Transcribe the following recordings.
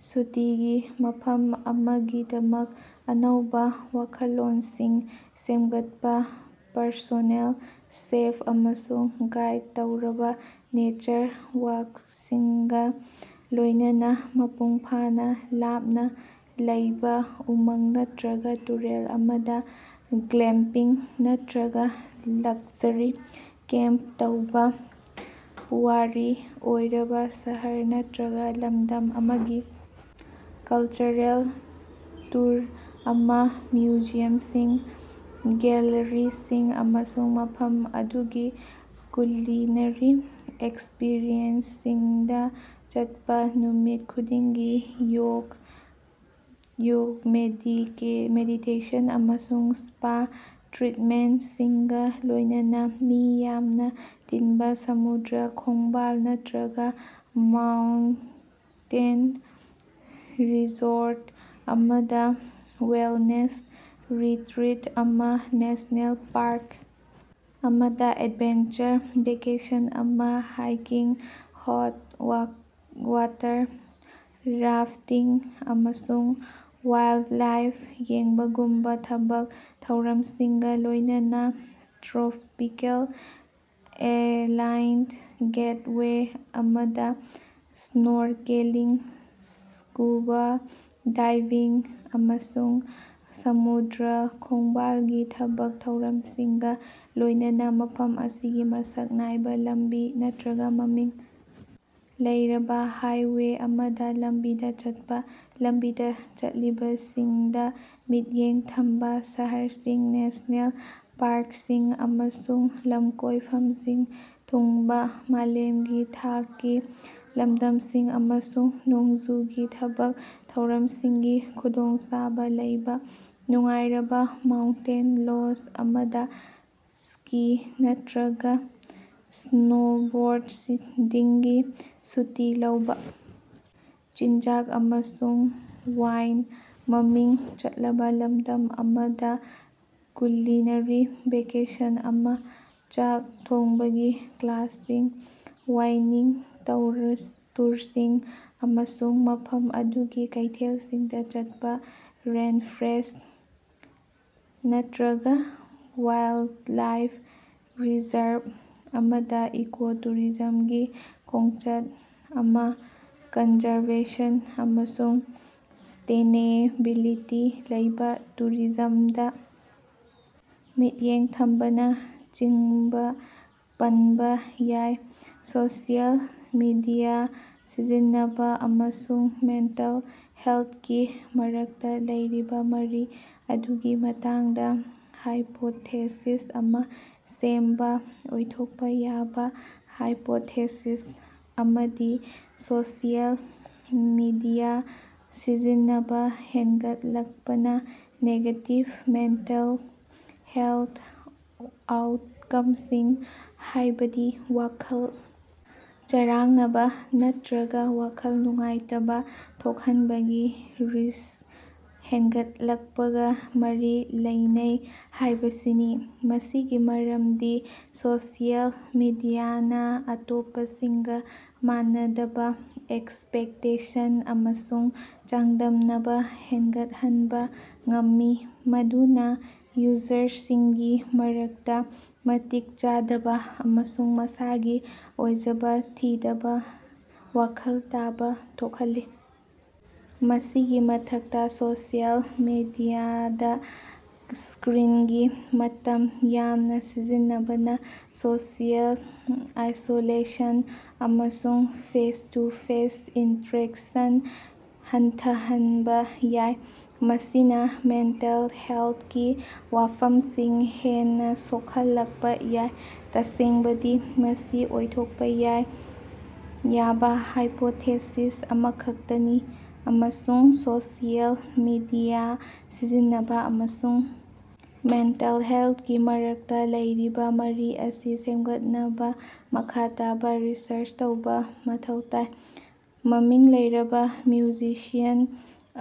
ꯁꯨꯇꯤꯒꯤ ꯃꯐꯝ ꯑꯃꯒꯤꯗꯃꯛ ꯑꯅꯧꯕ ꯋꯥꯈꯜꯂꯣꯟꯁꯤꯡ ꯁꯦꯝꯒꯠꯄ- ꯄꯔꯁꯣꯅꯦꯜ ꯆꯦꯐ ꯑꯃꯁꯨꯡ ꯒꯥꯏꯗ ꯇꯧꯔꯕ ꯅꯦꯆꯔ ꯋꯥꯛꯁꯤꯡꯒ ꯂꯣꯏꯅꯅ ꯃꯄꯨꯡ ꯐꯥꯅ ꯂꯥꯞꯅ ꯂꯩꯕ ꯎꯃꯪ ꯅꯠꯇ꯭ꯔꯒ ꯇꯨꯔꯦꯜ ꯑꯃꯗ "ꯒ꯭ꯂꯦꯝꯄꯤꯡ" ꯅꯠꯇ꯭ꯔꯒ ꯂꯛꯖꯔꯤ ꯀꯦꯝꯄ ꯇꯧꯕ; ꯄꯨꯋꯥꯔꯤ ꯑꯣꯏꯔꯕ ꯁꯍꯔ ꯅꯠꯇ꯭ꯔꯒ ꯂꯃꯗꯝ ꯑꯃꯒꯤ ꯀꯜꯆꯔꯦꯜ ꯇꯨꯔ ꯑꯃ: ꯃ꯭ꯌꯨꯖꯤꯌꯝꯁꯤꯡ, ꯒꯦꯜꯂꯔꯤꯁꯤꯡ ꯑꯃꯁꯨꯡ ꯃꯐꯝ ꯑꯗꯨꯒꯤ ꯀꯨꯂꯤꯅꯔꯤ ꯑꯦꯛꯁꯄꯤꯔꯤꯑꯦꯟꯁꯁꯤꯡꯗ ꯆꯠꯄ; ꯅꯨꯃꯤꯠ ꯈꯨꯗꯤꯡꯒꯤ ꯌꯣꯒ, ꯃꯦꯗꯤꯇꯦꯁꯟ ꯑꯃꯁꯨꯡ ꯁ꯭ꯄꯥ ꯇ꯭ꯔꯤꯠꯃꯦꯟꯇꯁꯤꯡꯒ ꯂꯣꯏꯅꯅ ꯃꯤ ꯌꯥꯝꯅ ꯇꯤꯟꯕ ꯁꯃꯨꯗ꯭ꯔ ꯈꯣꯡꯕꯥꯜ ꯅꯠꯇ꯭ꯔꯒ ꯃꯥꯎꯟꯇꯦꯟ ꯔꯤꯖꯣꯔꯠ ꯑꯃꯗ ꯋꯦꯜꯅꯦꯁ ꯔꯤꯇ꯭ꯔꯤꯠ ꯑꯃ; ꯅꯦꯁ꯭ꯅꯦꯜ ꯄꯥꯔꯛ ꯑꯃꯗ ꯑꯦꯗꯚꯦꯟꯆꯔ ꯚꯦꯀꯦꯁꯟ ꯑꯃ; ꯍꯥꯏꯀꯤꯡ, ꯍꯣꯠ-ꯋꯥꯇꯔ ꯔꯥꯐꯇꯤꯡ ꯑꯃꯁꯨꯡ ꯋꯥꯏꯜꯗꯂꯥꯏꯐ ꯌꯦꯡꯕꯒꯨꯝꯕ ꯊꯕꯛ ꯊꯧꯔꯝꯁꯤꯡꯒ ꯂꯣꯏꯅꯅ ꯇ꯭ꯔꯣꯄꯤꯀꯦꯜ ꯑꯥꯏꯂꯦꯟꯗ ꯒꯦꯠꯋꯦ ꯑꯃꯗ ꯁ꯭ꯅꯣꯔꯀꯦꯂꯤꯡ, ꯁ꯭ꯀꯨꯕꯥ ꯗꯥꯏꯚꯤꯡ ꯑꯃꯁꯨꯡ ꯁꯃꯨꯗ꯭ꯔ ꯈꯣꯡꯕꯥꯜꯒꯤ ꯊꯕꯛ ꯊꯧꯔꯝꯁꯤꯡꯒ ꯂꯣꯏꯅꯅ ꯃꯐꯝ ꯑꯁꯤꯒꯤ ꯃꯁꯛ ꯅꯥꯏꯕ ꯂꯝꯕꯤ ꯅꯠꯇ꯭ꯔꯒ ꯃꯃꯤꯡ ꯂꯩꯔꯕ ꯍꯥꯏꯋꯦ ꯑꯃꯗ ꯂꯝꯕꯤꯗ ꯆꯠꯄ, ꯂꯝꯕꯤꯗ ꯆꯠꯂꯤꯕꯁꯤꯡꯗ ꯃꯤꯠꯌꯦꯡ ꯊꯝꯕ, ꯁꯍꯔꯁꯤꯡ, ꯅꯦꯁ꯭ꯅꯦꯜ ꯄꯥꯔꯛꯁꯤꯡ ꯑꯃꯁꯨꯡ ꯂꯝꯀꯣꯏꯐꯝꯁꯤꯡꯗ ꯊꯨꯡꯕ꯫ ꯃꯥꯂꯦꯝꯒꯤ ꯊꯥꯛꯀꯤ ꯂꯝꯗꯝꯁꯤꯡ ꯑꯃꯁꯨꯡ ꯅꯣꯡꯖꯨꯒꯤ ꯊꯕꯛ ꯊꯧꯔꯝꯁꯤꯡꯒꯤ ꯈꯨꯗꯣꯡꯆꯥꯕ ꯂꯩꯕ, ꯅꯨꯡꯉꯥꯏꯔꯕ ꯃꯥꯎꯟꯇꯦꯟ ꯂꯣꯖ ꯑꯃꯗ ꯁ꯭ꯀꯤ ꯅꯠꯇ꯭ꯔꯒ ꯁ꯭ꯅꯣꯕꯣꯔꯗꯤꯡꯒꯤ ꯁꯨꯇꯤ ꯂꯧꯕ; ꯆꯤꯟꯖꯥꯛ ꯑꯃꯁꯨꯡ ꯋꯥꯏꯟ ꯃꯃꯤꯡ ꯆꯠꯂꯕ ꯂꯝꯗꯝ ꯑꯃꯗ ꯀꯨꯂꯤꯅꯔꯤ ꯚꯦꯀꯦꯁꯟ ꯑꯃ, ꯆꯥꯛ ꯊꯣꯡꯕꯒꯤ ꯀ꯭ꯂꯥꯁꯁꯤꯡ, ꯋꯥꯏꯅꯤꯡ ꯇꯨꯔꯁꯤꯡ ꯑꯃꯁꯨꯡ ꯃꯐꯝ ꯑꯗꯨꯒꯤ ꯀꯩꯊꯦꯜꯁꯤꯡꯗ ꯆꯠꯄ; ꯔꯦꯟꯐ꯭ꯔꯦꯁꯠ ꯅꯠꯇ꯭ꯔꯒ ꯋꯥꯏꯜꯗꯂꯥꯏꯐ ꯔꯤꯖꯔꯚ ꯑꯃꯗ ꯏꯀꯣ-ꯇꯨꯔꯤꯖꯝꯒꯤ ꯈꯣꯡꯆꯠ ꯑꯃ, ꯀꯟꯖꯔꯚꯦꯁꯟ ꯑꯃꯁꯨꯡ ꯁꯁꯇꯦꯅꯦꯕꯤꯂꯤꯇꯤ ꯂꯩꯕ, ꯇꯨꯔꯤꯖꯝꯗ ꯃꯤꯠꯌꯦꯡ ꯊꯝꯕꯅ ꯆꯤꯡꯕ ꯄꯟꯕ ꯌꯥꯏ꯫ ꯁꯣꯁꯤꯑꯦꯜ ꯃꯤꯗꯤꯌꯥ ꯁꯤꯖꯤꯟꯅꯕ ꯑꯃꯁꯨꯡ ꯃꯦꯟꯇꯜ ꯍꯦꯜꯊꯀꯤ ꯃꯔꯛꯇ ꯂꯩꯔꯤꯕ ꯃꯔꯤ ꯑꯗꯨꯒꯤ ꯃꯇꯥꯡꯗ ꯍꯥꯏꯄꯣꯊꯦꯁꯤꯁ ꯑꯃ ꯁꯦꯝꯕ- ꯑꯣꯏꯊꯣꯛꯄ ꯌꯥꯕ ꯍꯥꯏꯄꯣꯊꯦꯁꯤꯁ ꯑꯃꯗꯤ ꯁꯣꯁꯤꯑꯦꯜ ꯃꯤꯗꯤꯌꯥ ꯁꯤꯖꯤꯟꯅꯕ ꯍꯦꯟꯒꯠꯂꯛꯄꯅ ꯅꯦꯒꯦꯇꯤꯚ ꯃꯦꯟꯇꯜ ꯍꯦꯜꯊ ꯑꯥꯎꯠꯀꯝꯁꯤꯡ, ꯍꯥꯏꯕꯗꯤ ꯋꯥꯈꯜ ꯆꯔꯥꯡꯅꯕ ꯅꯠꯇ꯭ꯔꯒ ꯋꯥꯈꯜ ꯅꯨꯡꯉꯥꯏꯇꯕ ꯊꯣꯛꯍꯟꯕꯒꯤ ꯔꯤꯁꯛ ꯍꯦꯟꯒꯠꯂꯛꯄꯒ ꯃꯔꯤ ꯂꯩꯅꯩ ꯍꯥꯏꯕꯁꯤꯅꯤ꯫ ꯃꯁꯤꯒꯤ ꯃꯔꯝꯗꯤ ꯁꯣꯁꯤꯑꯦꯜ ꯃꯤꯗꯤꯌꯥꯅ ꯑꯇꯣꯞꯄꯁꯤꯡꯒ ꯃꯥꯟꯅꯗꯕ ꯑꯦꯛꯁꯄꯦꯛꯇꯦꯁꯟ ꯑꯃꯁꯨꯡ ꯆꯥꯡꯗꯝꯅꯕ ꯍꯦꯟꯒꯠꯍꯟꯕ ꯉꯝꯃꯤ꯫ ꯃꯗꯨꯅ ꯌꯨꯖꯔꯁꯤꯡꯒꯤ ꯃꯔꯛꯇ ꯃꯇꯤꯛ ꯆꯥꯗꯕ ꯑꯃꯁꯨꯡ ꯃꯁꯥꯒꯤ ꯑꯣꯏꯖꯕ ꯊꯤꯗꯅ ꯋꯥꯈꯜ ꯇꯥꯕ ꯊꯣꯛꯍꯜꯂꯤ꯫ ꯃꯁꯤꯒꯤ ꯃꯊꯛꯇ ꯁꯣꯁꯤꯑꯦꯜ ꯃꯤꯗꯤꯌꯥꯗ ꯁ꯭ꯀꯔꯤꯟꯒꯤ ꯃꯇꯝ ꯌꯥꯝꯅ ꯁꯤꯖꯤꯟꯅꯕꯅ ꯁꯣꯁꯤꯑꯦꯜ ꯑꯥꯏꯁꯣꯂꯦꯁꯟ ꯑꯃꯁꯨꯡ ꯐꯦꯁ-ꯇꯨ-ꯐꯦꯁ ꯏꯟꯇꯔꯦꯛꯁꯟ ꯍꯟꯊꯍꯟꯕ ꯌꯥꯏ꯫ ꯃꯁꯤꯅ ꯃꯦꯟꯇꯜ ꯍꯦꯜꯊꯀꯤ ꯋꯥꯐꯝꯁꯤꯡ ꯍꯦꯟꯅ ꯁꯣꯛꯍꯜꯂꯛꯄ ꯌꯥꯏ꯫ ꯇꯁꯦꯡꯕꯗꯤ ꯃꯁꯤ ꯑꯣꯏꯊꯣꯛꯄ ꯌꯥꯕ ꯍꯥꯏꯄꯣꯊꯦꯁꯤꯁ ꯑꯃꯈꯛꯇꯅꯤ ꯑꯃꯁꯨꯡ ꯁꯣꯁꯤꯑꯦꯜ ꯃꯤꯗꯤꯌꯥ ꯁꯤꯖꯤꯟꯅꯕ ꯑꯃꯁꯨꯡ ꯃꯦꯟꯇꯜ ꯍꯦꯜꯊꯀꯤ ꯃꯔꯛꯇ ꯂꯩꯔꯤꯕ ꯃꯔꯤ ꯑꯁꯤ ꯁꯦꯝꯒꯠꯅꯕ ꯃꯈꯥ ꯇꯥꯕ ꯔꯤꯁꯔꯆ ꯇꯧꯕ ꯃꯊꯧ ꯇꯥꯏ꯫ ꯃꯃꯤꯡ ꯂꯩꯔꯕ ꯃ꯭ꯌꯨꯖꯤꯁꯤꯌꯟ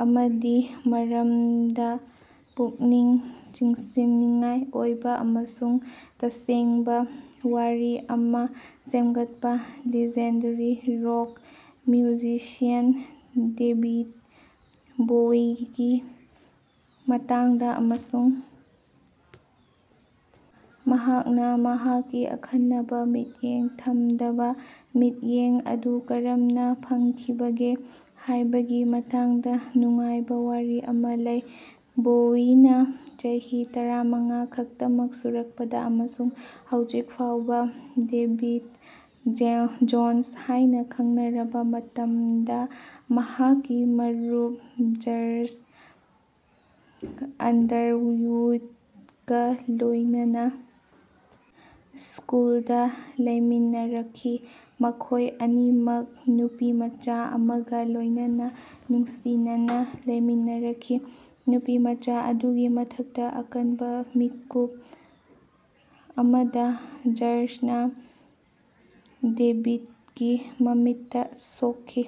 ꯑꯃꯒꯤ ꯃꯔꯝꯗ ꯄꯨꯛꯅꯤꯡ ꯆꯤꯡꯁꯤꯟꯅꯤꯡꯉꯥꯏ ꯑꯣꯏꯕ ꯑꯃꯁꯨꯡ ꯇꯁꯦꯡꯕ ꯋꯥꯔꯤ ꯑꯃ ꯁꯦꯝꯒꯠꯄ ꯂꯤꯖꯦꯟꯗꯔꯤ ꯔꯣꯛ ꯃ꯭ꯌꯨꯖꯤꯁꯤꯌꯟ ꯗꯦꯕꯤꯗ ꯕꯣꯋꯤꯒꯤ ꯃꯇꯥꯡꯗ ꯑꯃꯁꯨꯡ ꯃꯍꯥꯛꯅ ꯃꯍꯥꯛꯀꯤ ꯑꯈꯟꯅꯕ ꯃꯤꯠꯌꯦꯡ ꯊꯝꯗꯕ ꯃꯤꯠꯌꯦꯡ ꯑꯗꯨ ꯀꯔꯝꯅ ꯐꯪꯈꯤꯕꯒꯦ ꯍꯥꯏꯕꯒꯤ ꯃꯇꯥꯡꯗ ꯅꯨꯡꯉꯥꯏꯕ ꯋꯥꯔꯤ ꯑꯃ ꯂꯩ꯫ ꯕꯣꯋꯤꯅ ꯆꯍꯤ ꯇꯔꯥꯃꯉꯥ ꯈꯛꯇꯃꯛ ꯁꯨꯔꯛꯄꯗ ꯑꯃꯁꯨꯡ ꯍꯧꯖꯤꯛ ꯐꯥꯎꯕ ꯗꯦꯕꯤꯗ ꯖꯣꯟꯁ ꯍꯥꯏꯅ ꯈꯪꯅꯔꯕ ꯃꯇꯝꯗ ꯃꯍꯥꯛꯀꯤ ꯃꯔꯨꯞ ꯖꯔꯖ ꯑꯟꯗꯔꯋꯨꯗꯀ ꯂꯣꯏꯅꯅ ꯁ꯭ꯀꯨꯜꯗ ꯂꯩꯃꯤꯟꯅꯔꯛꯈꯤ꯫ ꯃꯈꯣꯏ ꯑꯅꯤꯃꯛ ꯅꯨꯄꯤꯃꯆꯥ ꯑꯃꯒ ꯂꯣꯏꯅꯅ ꯅꯨꯡꯁꯤꯅꯅ ꯂꯩꯃꯤꯟꯅꯔꯛꯈꯤ꯫ ꯅꯨꯄꯤꯃꯆꯥ ꯑꯗꯨꯒꯤ ꯃꯊꯛꯇ ꯑꯀꯟꯕ ꯃꯤꯀꯨꯞ ꯑꯃꯗ ꯖꯔꯖꯅ ꯗꯦꯕꯤꯗꯀꯤ ꯃꯃꯤꯠꯇ ꯁꯣꯛꯈꯤ꯫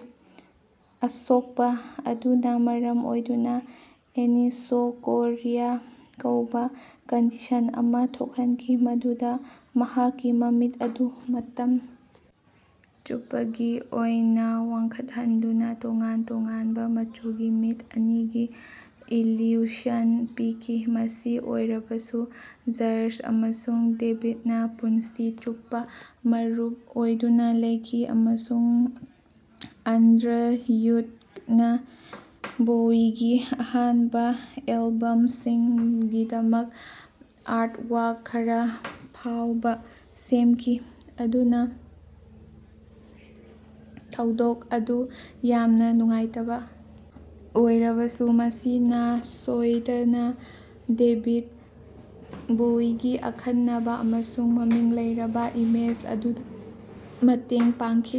ꯑꯁꯣꯛꯄ ꯑꯗꯨꯅ ꯃꯔꯝ ꯑꯣꯏꯗꯨꯅ "ꯑꯦꯅꯤꯁꯣꯀꯣꯔꯤꯌꯥ" ꯀꯧꯕ ꯀꯟꯗꯤꯁꯟ ꯑꯃ ꯊꯣꯛꯍꯟꯈꯤ꯫ ꯃꯗꯨꯅ ꯃꯍꯥꯛꯀꯤ ꯃꯃꯤꯠ ꯑꯗꯨ ꯃꯇꯝ ꯆꯨꯞꯄꯒꯤ ꯑꯣꯏꯅ ꯋꯥꯡꯈꯠꯍꯟꯗꯨꯅ ꯇꯣꯉꯥꯟ-ꯇꯣꯉꯥꯟꯕ ꯃꯆꯨꯒꯤ ꯃꯤꯠ ꯑꯅꯤꯒꯤ ꯏꯂ꯭ꯌꯨꯁꯟ ꯄꯤꯈꯤ꯫ ꯃꯁꯤ ꯑꯣꯏꯔꯕꯁꯨ ꯖꯔꯖ ꯑꯃꯁꯨꯡ ꯗꯦꯕꯤꯗꯅ ꯄꯨꯟꯁꯤ ꯆꯨꯞꯄ ꯃꯔꯨꯞ ꯑꯣꯏꯗꯨꯅ ꯂꯩꯈꯤ ꯑꯃꯁꯨꯡ ꯑꯟꯗꯔꯋꯨꯗꯅ ꯕꯣꯋꯤꯒꯤ ꯑꯍꯥꯟꯕ ꯑꯦꯜꯕꯝꯁꯤꯡꯒꯤꯗꯃꯛ ꯑꯥꯔꯠꯋꯥꯔꯛ ꯈꯔ ꯐꯥꯎꯕ ꯁꯦꯝꯈꯤ꯫ ꯑꯗꯨꯅ ꯊꯧꯗꯣꯛ ꯑꯗꯨ ꯌꯥꯝꯅ ꯅꯨꯡꯉꯥꯏꯇꯕ ꯑꯣꯏꯔꯕꯁꯨ ꯃꯁꯤꯅ ꯁꯣꯏꯗꯅ ꯗꯦꯕꯤꯗ ꯕꯣꯋꯤꯒꯤ ꯑꯈꯟꯅꯕ ꯑꯃꯁꯨꯡ ꯃꯃꯤꯡ ꯂꯩꯔꯕ ꯏꯃꯦꯖ ꯑꯗꯨꯗ ꯃꯇꯦꯡ ꯄꯥꯡꯈꯤ꯫